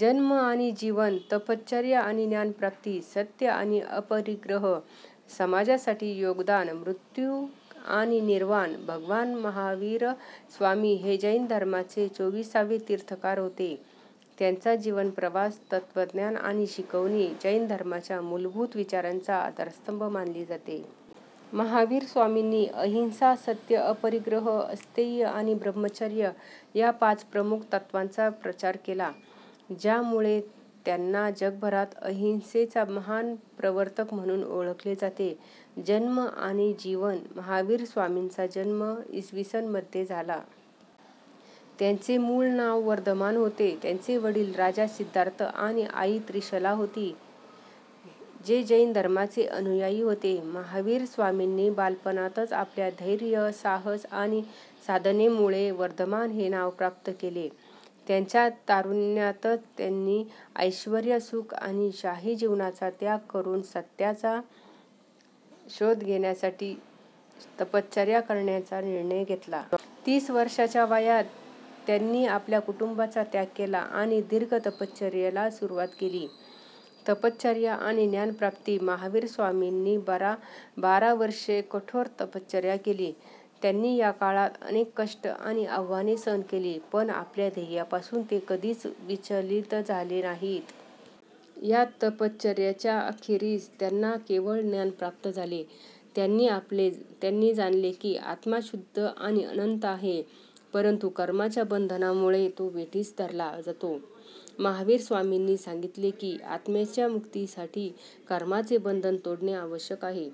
जन्म आणि जीवन तपश्चर्या आणि ज्ञानप्राप्ती सत्य आणि अपरिग्रह समाजासाठी योगदान मृत्यू आणि निर्वाण भगवान महावीर स्वामी हे जैन धर्माचे चोविसावे तीर्थंकर होते. त्यांचा जीवन प्रवास, तत्त्वज्ञान आणि शिकवणी जैन धर्माच्या मूलभूत विचारांचा आधारस्तंभ मानली जाते. महावीर स्वामींनी अहिंसा, सत्य, अपरिग्रह, अस्तेय आणि ब्रह्मचर्य या पाच प्रमुख तत्त्वांचा प्रचार केला, ज्यामुळे त्यांना जगभरात अहिंसेचा महान प्रवर्तक म्हणून ओळखले जाते. जन्म आणि जीवन महावीर स्वामींचा जन्म इ. स. मध्ये झाला. त्यांचे मूळ नाव वर्धमान होते. त्यांचे वडील राजा सिद्धार्थ आणि आई त्रिशला होते, जे जैन धर्माचे अनुयायी होते. महावीर स्वामींनी बालपणातच आपल्या धैर्य, साहस आणि साधनेमुळे वर्धमान हे नाव प्राप्त केले. त्यांच्या तारुण्यातच त्यांनी ऐश्वर्य, सुख आणि शाही जीवनाचा त्याग करून सत्याचा शोध घेण्यासाठी तपश्चर्या करण्याचा निर्णय घेतला. तीस वर्षांच्या वयात त्यांनी आपल्या कुटुंबाचा त्याग केला आणि दीर्घ तपश्चर्येला सुरुवात केली. तपश्चर्या आणि ज्ञानप्राप्ती महावीर स्वामींनी बारा वर्षे कठोर तपश्चर्या केली. त्यांनी या काळात अनेक कष्ट आणि आव्हाने सहन केली, पण आपल्या ध्येयापासून ते कधीच विचलित झाले नाहीत. या तपश्चर्येच्या अखेरीस त्यांना केवळज्ञान प्राप्त झाले. त्यांनी जाणले की आत्मा शुद्ध आणि अनंत आहे, परंतु कर्माच्या बंधनामुळे तो वेठीस धरला जातो. महावीर स्वामींनी सांगितले की, आत्म्याच्या मुक्तीसाठी कर्माचे बंधन तोडणे आवश्यक आहे.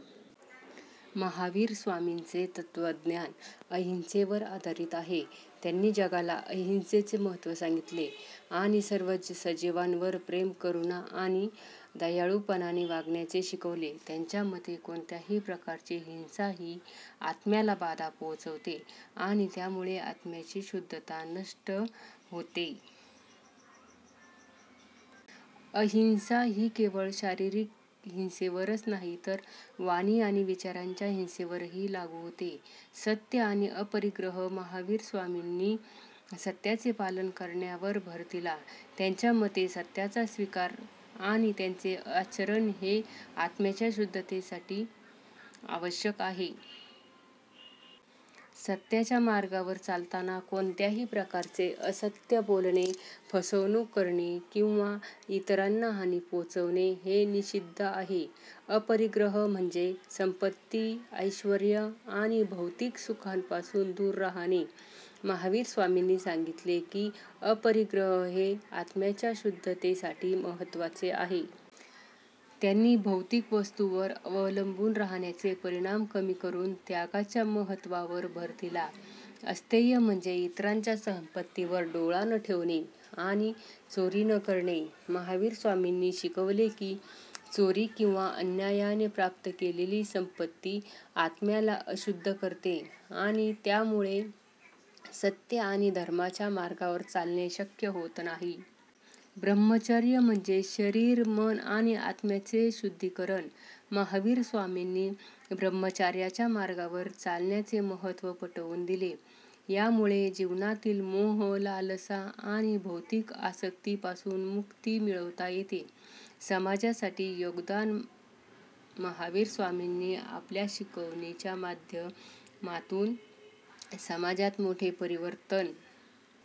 महावीर स्वामींचे तत्त्वज्ञान अहिंसेवर आधारित आहे. त्यांनी जगाला अहिंसेचे महत्त्व सांगितले आणि सर्व सजीवांवर प्रेम, करुणा आणि दयाळूपणाने वागण्याचे शिकवले. त्यांच्या मते, कोणत्याही प्रकारची हिंसा ही आत्म्याला बाधा पोहोचवते आणि त्यामुळे आत्म्याची शुद्धता नष्ट होते. अहिंसा ही केवळ शारीरिक हिंसेवरच नाही, तर वाणी आणि विचारांच्या हिंसेवरही लागू होते. सत्य आणि अपरिग्रह महावीर स्वामींनी सत्याचे पालन करण्यावर भर दिला. त्यांच्या मते, सत्याचा स्वीकार आणि त्याचे आचरण हे आत्म्याच्या शुद्धतेसाठी आवश्यक आहे. सत्याच्या मार्गावर चालताना कोणत्याही प्रकारचे असत्य बोलणे, फसवणूक करणे किंवा इतरांना हानी पोहोचवणे हे निषिद्ध आहे. अपरिग्रह म्हणजे संपत्ती, ऐश्वर्य आणि भौतिक सुखांपासून दूर राहणे. महावीर स्वामींनी सांगितले की, अपरिग्रह हे आत्म्याच्या शुद्धतेसाठी महत्त्वाचे आहे. त्यांनी भौतिक वस्तूंवर अवलंबून राहण्याचे परिमाण कमी करून त्यागाच्या महत्त्वावर भर दिला. अस्तेय म्हणजे इतरांच्या संपत्तीवर डोळा न ठेवणे आणि चोरी न करणे. महावीर स्वामींनी शिकवले की, चोरी किंवा अन्यायाने प्राप्त केलेली संपत्ती आत्म्याला अशुद्ध करते आणि त्यामुळे सत्य आणि धर्माच्या मार्गावर चालणे शक्य होत नाही. ब्रह्मचर्य म्हणजे शरीर, मन आणि आत्म्याचे शुद्धीकरण. महावीर स्वामींनी ब्रह्मचर्याच्या मार्गावर चालण्याचे महत्त्व पटवून दिले. यामुळे जीवनातील मोह, लालसा आणि भौतिक आसक्तीपासून मुक्ती मिळवता येते. समाजासाठी योगदान महावीर स्वामींनी आपल्या शिकवणींच्या माध्यमातून समाजात मोठे परिवर्तन